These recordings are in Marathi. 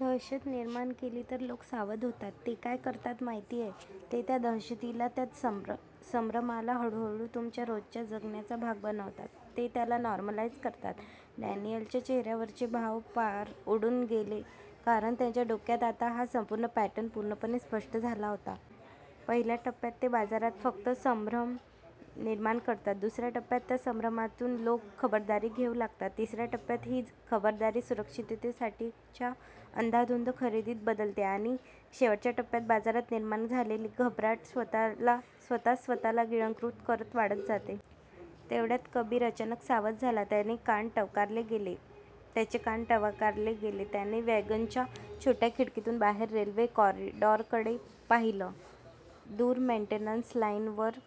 दहशत निर्माण केली तर लोक सावध होतात. ते काय करतात माहितीये? ते त्या दहशतीला, त्या संभ्रमाला हळूहळू तुमच्या रोजच्या जगण्याचा भाग बनवतात. ते त्याला 'नॉर्मलाईज' करतात. डॅनियलच्या चेहऱ्यावरचे भाव पार उडून गेले कारण त्याच्या डोक्यात आता हा संपूर्ण पॅटर्न पूर्णपणे स्पष्ट झाला होता. पहिल्या टप्प्यात ते बाजारात फक्त 'संभ्रम' निर्माण करतात. दुसऱ्या टप्प्यात त्या संभ्रमातून लोक 'खबरदारी' घेऊ लागतात. तिसऱ्या टप्प्यात ही खबरदारी सुरक्षिततेसाठीच्या 'अंधाधुंद खरेदीत' बदलते आणि शेवटच्या टप्प्यात बाजारात निर्माण झालेली घबराट स्वतःच स्वतःला गिळंकृत करत वाढत जाते. तेवढ्यात कबीर अचानक सावध झाला. त्याचे कान टवकारले गेले. त्याने वॅगनच्या छोट्या खिडकीतून बाहेर रेल्वे कॉरिडॉरकडे पाहिलं. दूर मेंटेनन्स लाईनवर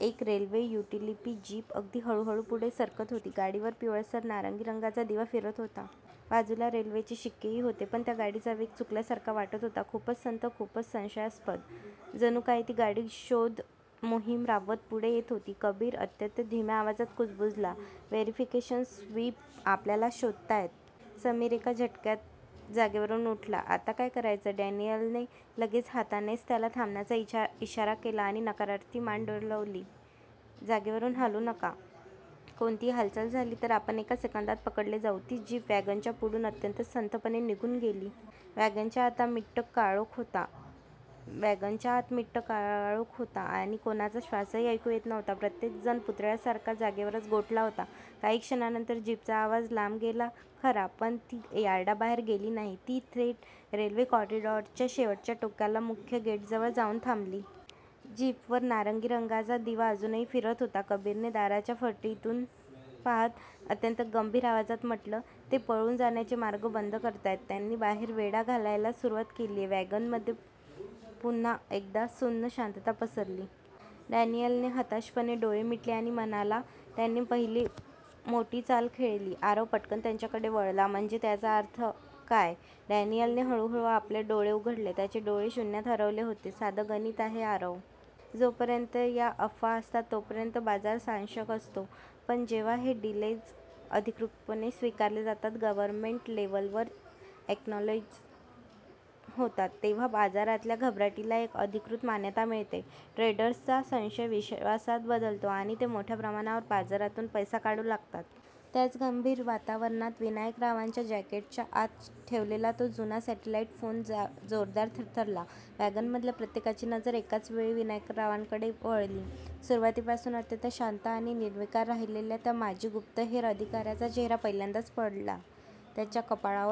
एक रेल्वे युटिलिटी जीप अगदी हळूहळू पुढे सरकत होती. गाडीवर पिवळसर नारंगी रंगाचा दिवा फिरत होता. बाजूला रेल्वेचे शिक्केही होते. पण त्या गाडीचा वेग चुकल्यासारखा वाटत होता. खूपच संथ खूपच संशयास्पद. जणू काही ती गाडी शोध मोहीम राबवत पुढे येत होती. कबीर अत्यंत धीम्या आवाजात कुजबुजला, "व्हॅरिफिकेशन स्वीप आपल्याला शोधतायत." समीर एका झटक्यात जागेवरून उठला, "आता काय करायचं? " डॅनियलने लगेच हातानेच त्याला थांबण्याचा इशारा केला आणि नकारार्थी मान डोलवली, "जागेवरून हालू नका. कोणतीही हालचाल झाली, तर आपण एका सेकंदात पकडले जाऊ." ती जीप वॅगनच्या पुढून अत्यंत संथपणे निघून गेली. वॅगनच्या आत मिट्ट काळोख होता आणि कोणाचा श्वासही ऐकू येत नव्हता. प्रत्येक जण पुतळ्यासारखा जागेवरच गोठला होता. काही क्षणांनंतर जीपचा आवाज लांब गेला खरा, पण ती यार्डाबाहेर गेली नाही. ती थेट रेल्वे कॉरिडॉरच्या शेवटच्या टोकाला, मुख्य गेटजवळ जाऊन थांबली. जीपवर नारंगी रंगाचा दिवा अजूनही फिरत होता. कबीरने दाराच्या फटीतून पाहत अत्यंत गंभीर आवाजात म्हटलं, "ते पळून जाण्याचे मार्ग बंद करतायत. त्यांनी बाहेर वेढा घालायला सुरुवात केलीये." वॅगनमध्ये पुन्हा एकदा सुन्न शांतता पसरली. डॅनियलने हताशपणे डोळे मिटले आणि म्हणाला, "त्यांनी पहिली मोठी चाल खेळली." आरव पटकन त्याच्याकडे वळला, "म्हणजे? याचा नक्की अर्थ काय? " डॅनियलने हळूहळू आपले डोळे उघडले, त्याचे डोळे शून्यात हरवले होते, "साधं गणित आहे आरव. जोपर्यंत या अफवा असतात, तोपर्यंत बाजार साशंक असतो. पण जेव्हा हे डिलेज अधिकृतपणे स्वीकारले जातात, गव्हर्नमेंट लेव्हलवर अॅक्नॉलेज होतात. तेव्हा बाजारातल्या घबराटीला एक अधिकृत मान्यता मिळते. ट्रेडर्सचा संशय विश्वासात बदलतो आणि ते मोठ्या प्रमाणावर बाजारातून पैसा काढू लागतात." त्याच गंभीर वातावरणात, विनायकरावांच्या जॅकेटच्या आत ठेवलेला तो जुना सॅटेलाईट फोन जोरदार थरथरला. वॅगनमधल्या प्रत्येकाची नजर एकाच वेळी विनायकरावांकडे वळली. सुरुवातीपासून अत्यंत शांत आणि निर्विकार राहिलेल्या त्या माजी गुप्तहेर अधिकाऱ्याचा चेहरा पहिल्यांदाच पडला. त्यांच्या कपाळावर